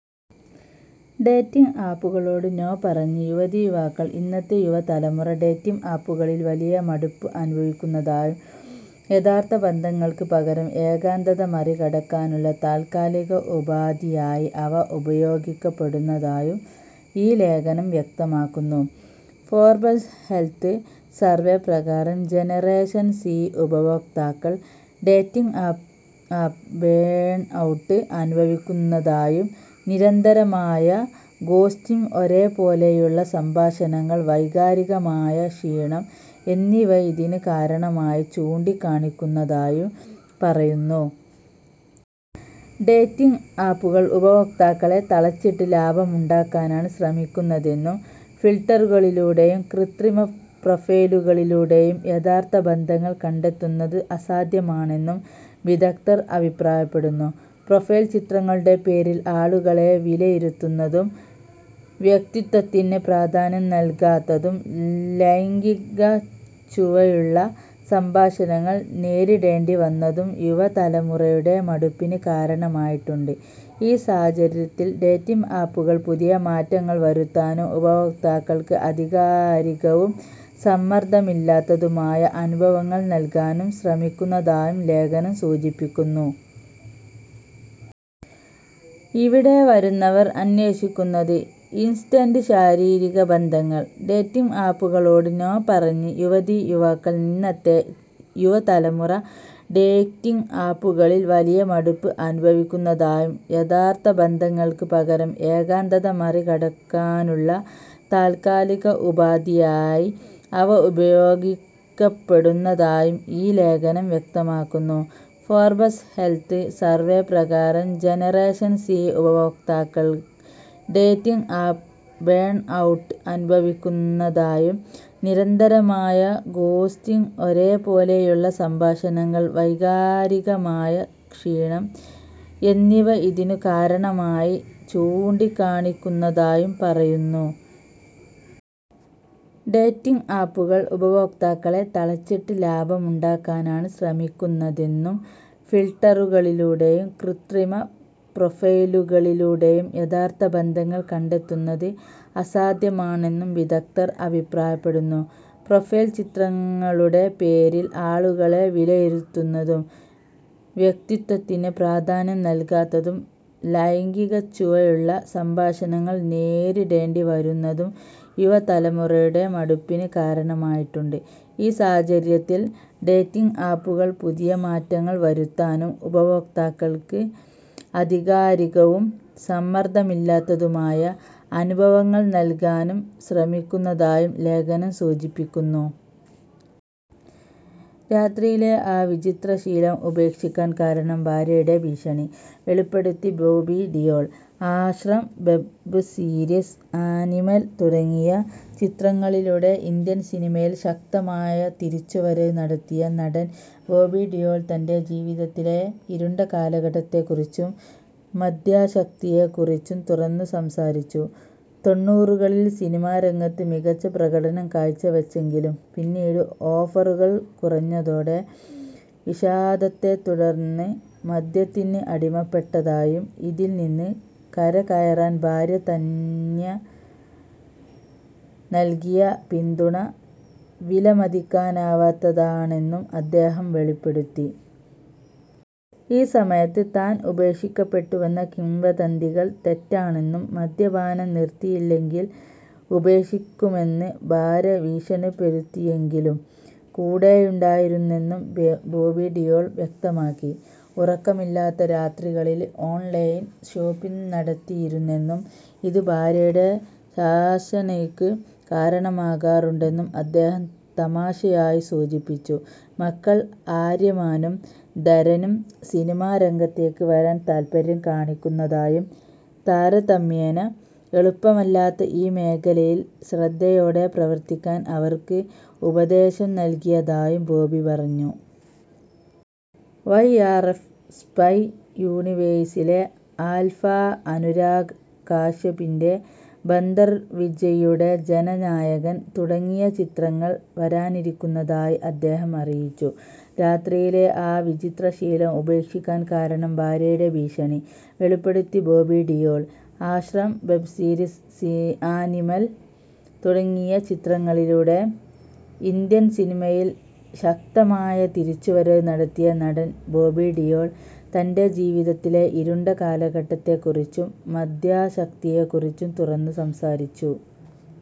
Dating ആപ്പുകളോട് 'no' പറഞ്ഞ് യുവതീ– യുവാക്കൾ ഇന്നത്തെ യുവതലമുറ ഡേറ്റിംഗ് ആപ്പുകളിൽ വലിയ മടുപ്പ് അനുഭവിക്കുന്നതായും, യഥാർത്ഥ ബന്ധങ്ങൾക്ക് പകരം ഏകാന്തത മറികടക്കാനുള്ള താൽക്കാലിക ഉപാധിയായി അവ ഉപയോഗിക്കപ്പെടുന്നതായും ഈ ലേഖനം വ്യക്തമാക്കുന്നു. ഫോർബ്സ് ഹെൽത്ത് സർവേ പ്രകാരം ജനറേഷൻ സി ഉപഭോക്താക്കൾ 'ഡേറ്റിംഗ് ആപ്പ് ബേൺഔട്ട്' അനുഭവിക്കുന്നതായും, നിരന്തരമായ ഗോസ്റ്റിംഗ്, ഒരേപോലെയുള്ള സംഭാഷണങ്ങൾ, വൈകാരികമായ ക്ഷീണം എന്നിവ ഇതിന് കാരണമായി ചൂണ്ടിക്കാണിക്കുന്നതായും പറയുന്നു. ഡേറ്റിംഗ് ആപ്പുകൾ ഉപഭോക്താക്കളെ തളച്ചിട്ട് ലാഭമുണ്ടാക്കാനാണ് ശ്രമിക്കുന്നതെന്നും, ഫിൽട്ടറുകളിലൂടെയും കൃത്രിമ പ്രൊഫൈലുകളിലൂടെയും യഥാർത്ഥ ബന്ധങ്ങൾ കണ്ടെത്തുന്നത് അസാധ്യമാണെന്നും വിദഗ്ധർ അഭിപ്രായപ്പെടുന്നു. പ്രൊഫൈൽ ചിത്രങ്ങളുടെ പേരിൽ ആളുകളെ വിലയിരുത്തുന്നതും, വ്യക്തിത്വത്തിന് പ്രാധാന്യം നൽകാത്തതും, ലൈംഗികച്ചുവയുള്ള സംഭാഷണങ്ങൾ നേരിടേണ്ടി വരുന്നതും യുവതലമുറയുടെ മടുപ്പിന് കാരണമായിട്ടുണ്ട്. ഈ സാഹചര്യത്തിൽ, ഡേറ്റിംഗ് ആപ്പുകൾ പുതിയ മാറ്റങ്ങൾ വരുത്താനും, ഉപഭോക്താക്കൾക്ക് ആധികാരികവും സമ്മർദ്ദമില്ലാത്തതുമായ അനുഭവങ്ങൾ നൽകാനും ശ്രമിക്കുന്നതായും ലേഖനം സൂചിപ്പിക്കുന്നു. ഇവിടെ വരുന്നവർ അന്വേഷിക്കുന്നത് 'ഇൻസ്റ്റന്റ് ശാരീരിക ബന്ധങ്ങൾ'! ഡേറ്റിങ് ആപ്പുകളോട് 'നോ' പറഞ്ഞ് യുവതീ– യുവാക്കൾ ഇന്നത്തെ യുവതലമുറ ഡേറ്റിംഗ് ആപ്പുകളിൽ വലിയ മടുപ്പ് അനുഭവിക്കുന്നതായും, യഥാർത്ഥ ബന്ധങ്ങൾക്ക് പകരം ഏകാന്തത മറികടക്കാനുള്ള താൽക്കാലിക ഉപാധിയായി അവ ഉപയോഗിക്കപ്പെടുന്നതായും ഈ ലേഖനം വ്യക്തമാക്കുന്നു. ഫോർബ്സ് ഹെൽത്ത് സർവേ പ്രകാരം ജനറേഷൻ സി ഉപഭോക്താക്കൾ 'ഡേറ്റിംഗ് ആപ്പ് ബേൺഔട്ട്' അനുഭവിക്കുന്നതായും, നിരന്തരമായ ഗോസ്റ്റിംഗ്, ഒരേപോലെയുള്ള സംഭാഷണങ്ങൾ, വൈകാരികമായ ക്ഷീണം എന്നിവ ഇതിന് കാരണമായി ചൂണ്ടിക്കാണിക്കുന്നതായും പറയുന്നു. ഡേറ്റിംഗ് ആപ്പുകൾ ഉപഭോക്താക്കളെ തളച്ചിട്ട് ലാഭമുണ്ടാക്കാനാണ് ശ്രമിക്കുന്നതെന്നും, ഫിൽട്ടറുകളിലൂടെയും കൃത്രിമ പ്രൊഫൈലുകളിലൂടെയും യഥാർത്ഥ ബന്ധങ്ങൾ കണ്ടെത്തുന്നത് അസാധ്യമാണെന്നും വിദഗ്ധർ അഭിപ്രായപ്പെടുന്നു. പ്രൊഫൈൽ ചിത്രങ്ങളുടെ പേരിൽ ആളുകളെ വിലയിരുത്തുന്നതും, വ്യക്തിത്വത്തിന് പ്രാധാന്യം നൽകാത്തതും, ലൈംഗികച്ചുവയുള്ള സംഭാഷണങ്ങൾ നേരിടേണ്ടി വരുന്നതും യുവതലമുറയുടെ മടുപ്പിന് കാരണമായിട്ടുണ്ട്. ഈ സാഹചര്യത്തിൽ, ഡേറ്റിംഗ് ആപ്പുകൾ പുതിയ മാറ്റങ്ങൾ വരുത്താനും, ഉപഭോക്താക്കൾക്ക് ആധികാരികവും സമ്മർദ്ദമില്ലാത്തതുമായ അനുഭവങ്ങൾ നൽകാനും ശ്രമിക്കുന്നതായും ലേഖനം സൂചിപ്പിക്കുന്നു. രാത്രിയിലെ ആ 'വിചിത്ര ശീലം', ഉപേക്ഷിക്കാൻ കാരണം ഭാര്യയുടെ ഭീഷണി: വെളിപ്പെടുത്തി Bobby Deol 'Aashram' web series, 'Animal' തുടങ്ങിയ ചിത്രങ്ങളിലൂടെ ഇന്ത്യൻ സിനിമയിൽ ശക്തമായ തിരിച്ചുവരവ് നടത്തിയ നടൻ ബോബി ഡിയോൾ, തന്റെ ജീവിതത്തിലെ ഇരുണ്ട കാലഘട്ടത്തെക്കുറിച്ചും മദ്യാസക്തിയെക്കുറിച്ചും തുറന്നു സംസാരിച്ചു. തൊണ്ണൂറുകളിൽ സിനിമാ രംഗത്ത് മികച്ച പ്രകടനം കാഴ്ചവെച്ചെങ്കിലും പിന്നീട് ഓഫറുകൾ കുറഞ്ഞതോടെ വിഷാദത്തെത്തുടർന്ന് മദ്യത്തിന് അടിമപ്പെട്ടതായും, ഇതിൽ നിന്ന് കരകയറാൻ ഭാര്യ തന്യ നൽകിയ പിന്തുണ വിലമതിക്കാനാവാത്തതാണെന്നും അദ്ദേഹം വെളിപ്പെടുത്തി. ഈ സമയത്ത് താൻ ഉപേക്ഷിക്കപ്പെട്ടുവെന്ന കിംവദന്തികൾ തെറ്റാണെന്നും, മദ്യപാനം നിർത്തിയില്ലെങ്കിൽ ഉപേക്ഷിക്കുമെന്ന് ഭാര്യ ഭീഷണിപ്പെടുത്തിയെങ്കിലും കൂടെയുണ്ടായിരുന്നെന്നും ബോബി ഡിയോൾ വ്യക്തമാക്കി. ഉറക്കമില്ലാത്ത രാത്രികളിൽ ഓൺലൈൻ ഷോപ്പിംഗ് നടത്തിയിരുന്നെന്നും, ഇത് ഭാര്യയുടെ ശാസനയ്ക്ക് കാരണമാകാറുണ്ടെന്നും അദ്ദേഹം തമാശയായി സൂചിപ്പിച്ചു. മക്കൾ ആര്യമാനും ധരനും സിനിമാ രംഗത്തേക്ക് വരാൻ താൽപ്പര്യം കാണിക്കുന്നതായും, താരതമ്യേന എളുപ്പമല്ലാത്ത ഈ മേഖലയിൽ ശ്രദ്ധയോടെ പ്രവർത്തിക്കാൻ അവർക്ക് ഉപദേശം നൽകിയതായും ബോബി പറഞ്ഞു. വൈആർഎഫ് സ്പൈ യൂണിവേഴ്സിലെ 'ആൽഫ', അനുരാഗ് കശ്യപിന്റെ 'ബന്ദർ', വിജയ്യുടെ 'ജന നായകൻ' തുടങ്ങിയ ചിത്രങ്ങൾ വരാനിരിക്കുന്നതായി അദ്ദേഹം അറിയിച്ചു. രാത്രിയിലെ ആ 'വിചിത്ര ശീലം', ഉപേക്ഷിക്കാൻ കാരണം ഭാര്യയുടെ ഭീഷണി: വെളിപ്പെടുത്തി Bobby Deol 'Aashram' web series, 'Animal' തുടങ്ങിയ ചിത്രങ്ങളിലൂടെ ഇന്ത്യൻ സിനിമയിൽ ശക്തമായ തിരിച്ചുവരവ് നടത്തിയ നടൻ ബോബി ഡിയോൾ, തന്റെ ജീവിതത്തിലെ ഇരുണ്ട കാലഘട്ടത്തെക്കുറിച്ചും മദ്യാസക്തിയെക്കുറിച്ചും തുറന്നു സംസാരിച്ചു.